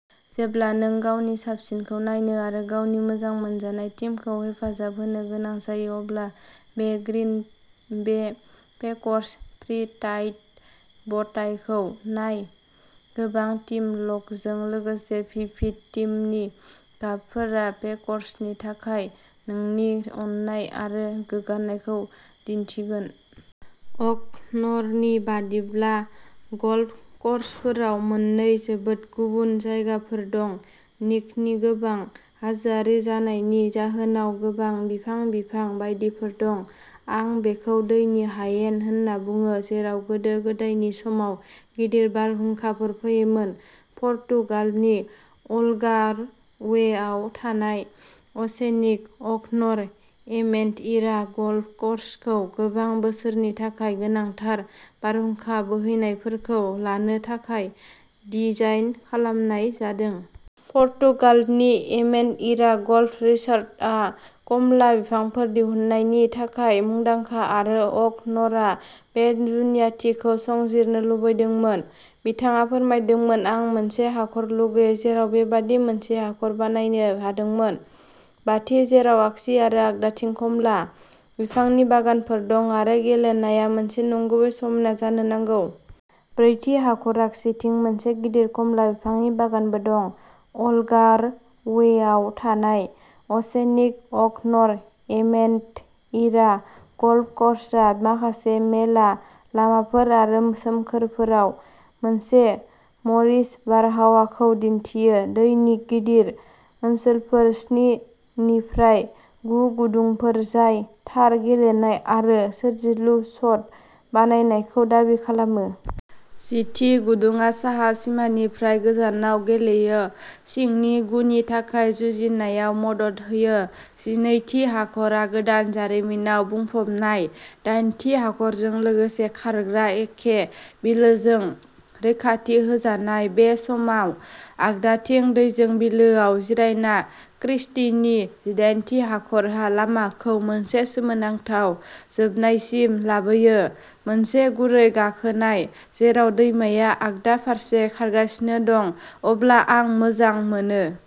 जेब्ला नों गावनि साबसिनखौ नायनो आरो गावनि मोजां मोनजानाय टीमखौ हेफाजाब होनो गोनां जायो, अब्ला बे Green Bay peckers pre Tide ब'टाइखौ नाय। गोबां टीम ल'ग'जों लोगोसे भिभिड टीमनि गाबफोरा पेकर्सनि थाखाय नोंनि अननाय आरो गोग्गानायखौ दिन्थिगोन। अ'क'न'रनि बायदिब्ला, गल्फ क'र्सफोराव "मोननै जोबोद गुबुन जायगाफोर दं, निकनि गोबां हाजोआरि जानायनि जाहोनाव गोबां बिफां, बिफां बायदिफोर दं। आं बेखौ दैनि हायेन होनना बुङो, जेराव गोदो गोदायनि समाव गिदिर बारहुंखाफोर फैयोमोन।" पर्तुगालनि अल्गार्वेआव थानाय अ'सेनिक'अ'क'न'र एमेन्ड'इरा गल्फ क'र्सखौ गोबां बोसोरनि थाखाय गोनांथार बारहुंखा बोहैनायफोरखौ लानो थाखाय डिजाइन खालामनाय जादों। पर्तुगालनि एमेन्ड'इरा गल्फ रिसर्टआ खमला बिफांफोर दिहुननायनि थाखाय मुंदांखा आरो अ'क'न'रआ बे जुनियाथिखौ संजिरनो लुबैदोंमोन। बिथाङा फोरमायदोंमोन "आं मोनसे हाखर लुगैयो जेराव बेबादि मोनसे हाखर बानायनो हादोंमोन, बाथि, जेराव आगसि आरो आगदाथिं खमला बिफांनि बागानफोर दं आरो गेलेनाया मोनसे नंगुबै समना जानो नांगौ। ब्रैथि हाखराव आगसिथिं मोनसे गिदिर खमला बिफांनि बागानबो दं। "अल्गार्वेआव थानाय अ'सेनिक'अ'क'न'र एमेन्ड'इरा गल्फ क'र्सआ माखासे मेला लामाफोर आरो सोमखोरफोराव मोनसे म'रिश बारहावाखौ दिन्थियो, दैनि गिदिर ओनसोलफोर स्नि निफ्राय गु गुदुंफोर जाय थार गेलेनाय आरो सोरजिलु शट बानायनायखौ दाबि खालामो। जिथि गुदुंआ साहा सिमानिफ्राय गोजानाव गेलेयो, सिंनि गुनि थाखाय जुजिनायाव मदद होयो। जिनैथि हाखरआ गोदान जारिमिनाव बुंफबनाय, दाइनथि हाखरजों लोगोसे खारग्रा एखे बिलोजों रैखाथि होजानाय, बे समाव आगदाथिं दैजों बिलोआव जिरायना क्रिस्टीनि जिदाइनथि हाखरआ लामाखौ मोनसे सोमोनांथाव जोबनायसिम लाबोयो, मोनसे गुरै गाखोनाय जेराव दैमाया आगदा फारसे खारगासिनो दं। अब्ला आं मोजां मोनो।